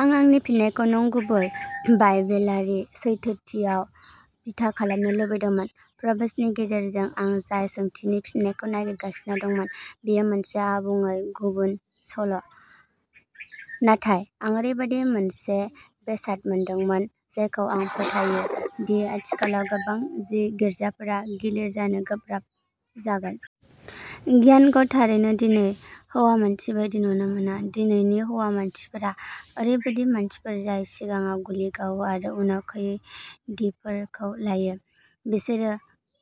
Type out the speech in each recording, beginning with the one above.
आं आंनि फिननायखौ नंगुबै, बाइबेलारि सैथोथियाव बिथा खालामनो लुबैदोंमोन। प्र'भार्ब्सनि गेजेरजों आं जाय सोंथिनि फिननायखौ नागिरगासिनो दंमोन, बेयो मोनसे आबुङै गुबुन सल'। नाथाय, आं ओरैबायदि मोनसे बेसाद मोनदोंमोन जायखौ आं फोथायो दि आथिखालाव गोबां गिर्जाफोरा गिलिर जानो गोब्राब जागोन। गियानखौ थारैनो दिनैनि "हौवा मानसि" बायदि नुनो मोना। दिनैनि "हौवा मानसि" फोरा ओरैबायदि मानसिफोर जाय सिगाङाव गुलि गावो आरो उनाव खैदिफोरखौ लायो। बिसोरो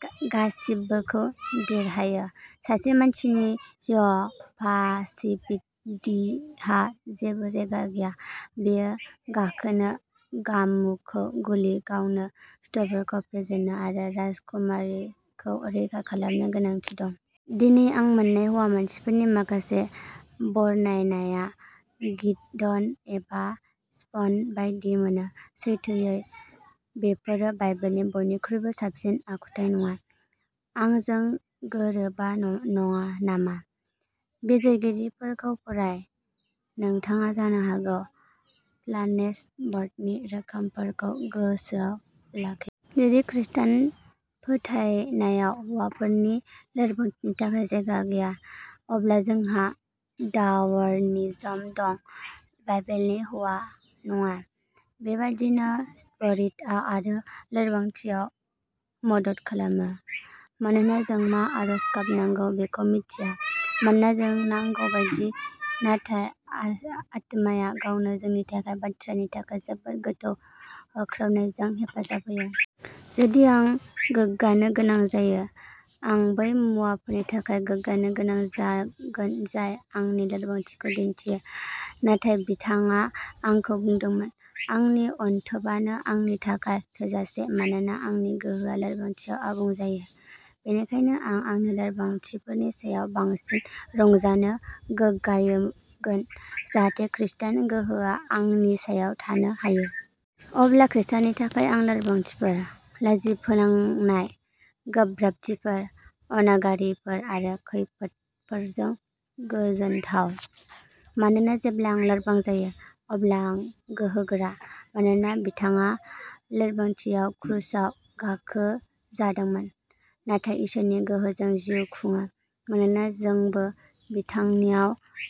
गा-गासिबोखौ देरहायो। सासे मानसिनि जिउआव पासिभिटिहा जेबो जायगा गैया। बियो गाखोनो, गामुखौ गुलि गावनो, सुथुरफोरखौ फेजेननो आरो राजकुमारिखौ रैखा खालामनो गोनांथि दं। दिनै आं मोन्नाय "हौवा मानसि" फोरनि माखासे बरनायनाया गिडिय'न एबा सेम्पसन बायदि मोनो। सैथोयै, बेफोरो बाइबेलनि बयनिख्रुइबो साबसिन आखुथाइ नङा। आंजों गोरोबा नङा नामा? बिजिरगिरिफोरखौ फराय, नोंथाङा जानो हागौ फ्लानेल बर्डनि रोखोमफोरखौ गोसोआव लाखि। जुदि खृष्टान फोथायनायाव हौवाफोरनि लोरबांथिनि थाखाय जायगा गैया, अब्ला जोंहा डार्विनिज्म दं, बाइबेलनि हौवा नङा। "बेबायदिनो स्पिरिटआ आरो लोरबांथियाव मदद खालामो। मानोना जों मा आरज गाबनांगौ बेखौ मिथिया। मानोना जों नांगौ बायदि, नाथाय आ आत्माया गावनो जोंनि थाखाय बाथ्राफोरनि थाखाय जोबोद गोथौ हांख्रावनायजों हेफाजाब होयो "।" जुदि आं गोग्गानो गोनां जायो, आं बै मुवाफोरनि थाखाय गोग्गानो गोनां जागोन जाय आंनि लोरबांथिखौ दिन्थियो "। नाथाय बिथाङा आंखौ बुंदोंमोन," आंनि अनथोबानो नोंनि थाखाय थोजासे, मानोना आंनि गोहोआ लोरबांथियाव आबुं जायो। "बेनिखायनो आं आंनि लोरबांथिफोरनि सायाव बांसिन रंजानो गोग्गागोन, जाहाथे खृष्टनि गोहोआ आंनि सायाव थानो हायो। अब्ला खृष्टनि थाखाय, आं लोरबांथिफोर, लाजि फोनांनाय, गोब्राबथिफोर, अनागारिफोर आरो खैफोदफोरजों गोजोनथाव। मानोना जेब्ला आं लोरबां जायो, अब्ला आं गोहोगोरा।" "मानोना बिथाङा लोरबांथियाव क्रुसाव गाखोजादोंमोन, नाथाय इसोरनि गोहोजों जिउ खुङो। मानोना जोंबो बिथांनियाव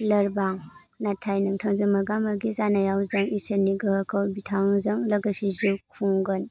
लोरबां, नाथाय नोंथांजों मोगा मोगि जानायाव जों इसोरनि गोहोजों बिथांजों लोगोसे जिउ खुंगोन"।